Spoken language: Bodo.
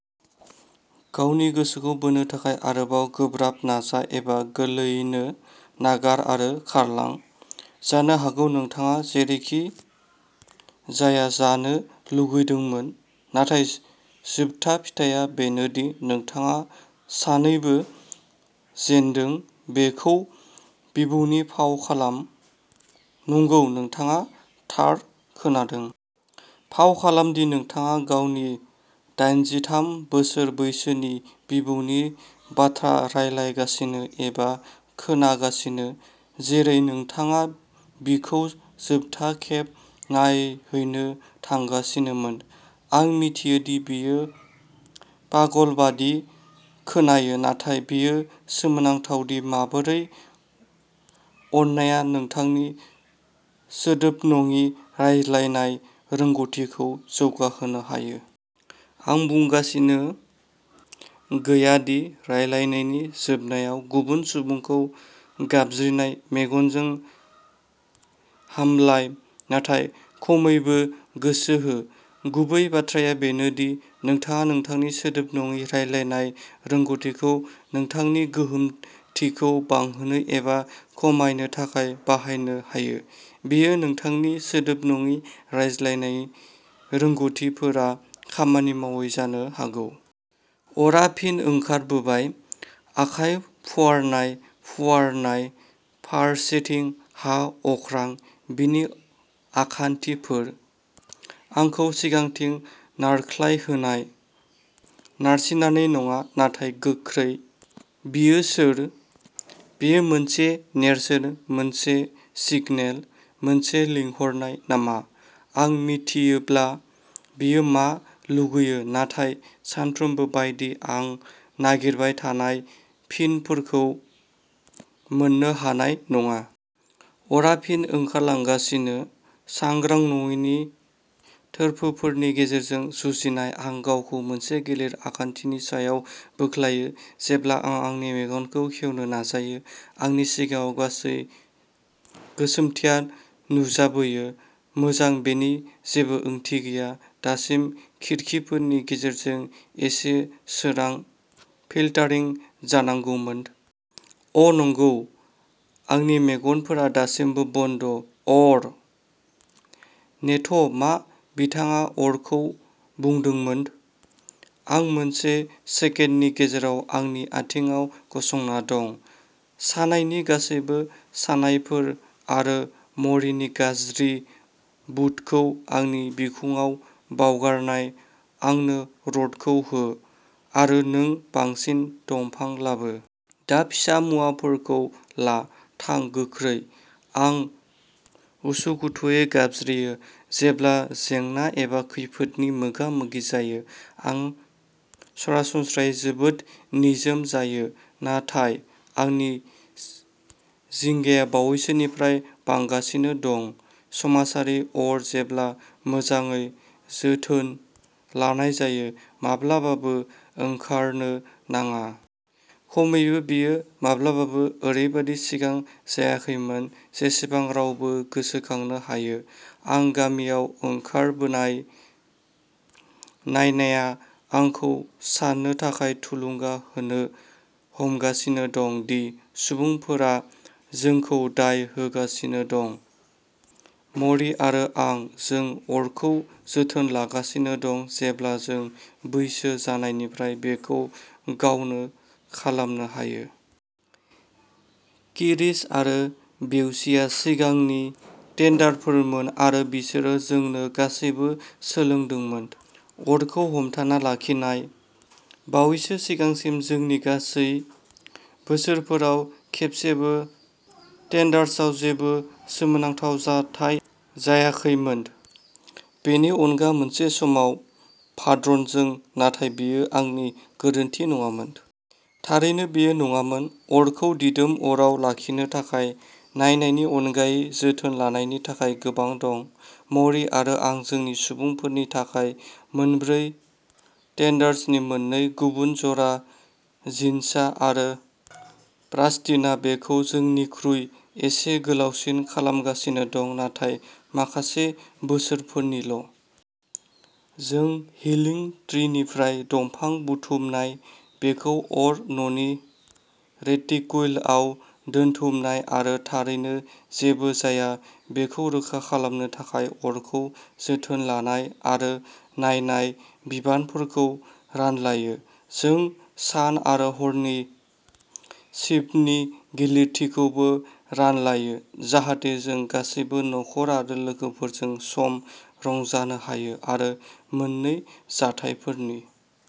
गावनि गोसोखौ बोनो थाखाय आरोबाव गोब्राब नाजा एबा गोरलैयैनो नागार आरो खारलां। जानो हागौ नोंथाङा जेरैखिजाया जानो लुबैदोंमोन। नाथाय जोबथा फिथाया बेनो दि नोंथाङा सानैबो जेनदों बेखौ बिबौनि फाव खालाम नंगौ, नोंथाङा थार खोनादों फाव खालाम दि नोंथाङा गावनि दाइनजिथाम बोसोर बैसोनि बिबौनि बाथ्रा रायलायगासिनो एबा खोनागासिनो, जेरै नोंथाङा बिखौ जोबथा खेब नायहैनो थांगासिनोमोन। आं मिथियो दि बेयो पागल बायदि खोनायो, नाथाय बेयो सोमोनांथाव दि माबोरै अननायआ नोंथांनि सोदोब नङि रायज्लायनाय रोंग'थिखौ जौगाहोनो हायो। आं बुंगासिनो गैया दि रायलायनायनि जोबनायाव गुबुन सुबुंखौ गाबज्रिनाय मेगनजों हामलाय, नाथाय खमैबो गोसो हो गुबै बाथ्राया बेनो दि नोंथाङा नोंथांनि सोदोब नङि रायज्लायनाय रोंग'थिखौ नोंथांनि गोहोमथिखौ बांहोनो एबा खमायनो थाखाय बाहायनो हायो। बेयो नोंथांनि सोदोब नङि रायज्लायनाय रोंग'थिफोरा खामानि मावै जानो हागौ। अरआ फिन ओंखारबोबाय। आखाइ फुवारनाय, फुवारनाय, फारसेथिं, हा, अख्रां। बिनि आखान्थिफोर। आंखौ सिगांथिं नारख्लायहोनाय, नारसिननानै नङा, नाथाय गोख्रै। बियो सोर? बेयो मोनसे नेरसोन मोनसे सिगनेल, मोनसे लिंहरनाय नामा? आं मिन्थियोब्ला बियो मा लुबैयो, नाथाय, सानफ्रोमबो बायदि आं नागिरबाय थानाय फिनफोरखौ मोन्नो हानाय नङा। अरआ फिन ओंखारलांगासिनो सांग्रां नङैनि थोरफोफोरनि गेजेरजों जुजिनाय, आं गावखौ मोनसे गिलिर आखान्थिनि सायाव बोख्लायो जेब्ला आं आंनि मेगनखौ खेवनो नाजायो। आंनि सिगाङाव गासै गोसोमथिया नुजाबोयो। मोजां, बेनि जेबो ओंथि गैया। दासिम खिरखिफोरनि गेजेरजों एसे सोरां फिल्टारिं जानांगौमोन। अ, नंगौ। आंनि मेगनफोरा दासिमबो बन्द। अर नेथ', मा बिथाङा अरखौ बुंदोंमोन आं मोनसे सेकेन्डनि गेजेराव आंनि आथिंआव गसंना दं, सानायनि गासैबो साननायफोर आरो म'रीनि गाज्रि बुटखौ आंनि बिखुङाव बावगारनाय। आंनो रडखौ हो आरो नों बांसिन दंफां लाबो। दा फिसा मुवाफोरखौ ला। थां, गोख्रै आं उसुखुथुयै गाबज्रियो। जेब्ला जेंना एबा खैफोदनि मोगा-मोगि जायो, आं सरासनस्रायै जोबोद निजोम जायो, नाथाय आंनि जिंगाया बावैसोनिफ्राय बांगासिनो दं। समाजारि अर, जेब्ला मोजाङै जोथोन लानाय जायो, माब्लाबाबो ओंखारनो नाङा। खमैबो, बेयो माब्लाबाबो ओरैबादि सिगां जायाखैमोन जेसेबां रावबो गोसोखांनो हायो। आं गामियाव ओंखारबोनाय नायनाया आंखौ साननो थाखाय थुलुंगा होनो हमगासिनो दं दि सुबुंफोरा जोंखौ दाय होगासिनो दं। म'री आरो आं। जों अरखौ जोथोन लागासिनो दं जेब्ला जों बैसो जानायनिफ्राय बेखौ गावनो खालामनो हायो। किरिस आरो वेलसीआ सिगांनि टेन्डारफोरमोन, आरो बिसोरो जोंनो गासैबो सोलोंदोंमोन। अरखौ हमथाना लाखिनाय। बावैसो सिगांसिम, जोंनि गासै बोसोरफोराव खेबसेबो टेन्डार्सआव जेबो सोमोनांथाव जाथाय जायाखैमोन। बेनि अनगा मोनसे समाव भ्राद'नजों, नाथाय बेयो आंनि गोरोन्थि नङामोन। थारैनो, बेयो नङामोन। अरखौ दिदोम अराव लाखिनो थाखाय नायनायनि अनगायै जोथोन लानायनि थाखाय गोबां दं। म'री आरो आं जोंनि सुबुंफोरनि थाखाय मोनब्रै टेन्डार्सनि मोननै। गुबुन जरा, जिनसा आरो प्रास्टिनआ बेखौ जोंनिख्रुइ एसे गोलावसिन खालामगासिनो दं, नाथाय माखासे बोसोरफोरनिल'। जों हिलिं ट्रीनिफ्राय दंफां बुथुमनाय, बेखौ अर न'नि रेटिक्युलआव दोनथुमनाय आरो थारैनो, जेबो जाया बेखौ रोखा खालामनो थाखाय अरखौ जोथोन लानाय आरो नायनाय बिबानफोरखौ रानलायो। जों सान आरो हरनि सिफ्टनि गिलिरथिखौबो रानलायो जाहाथे जों गासैबो नखर आरो लोगोफोरजों सम रंजानो हायो। आरो मोन्नै जाथायफोरनि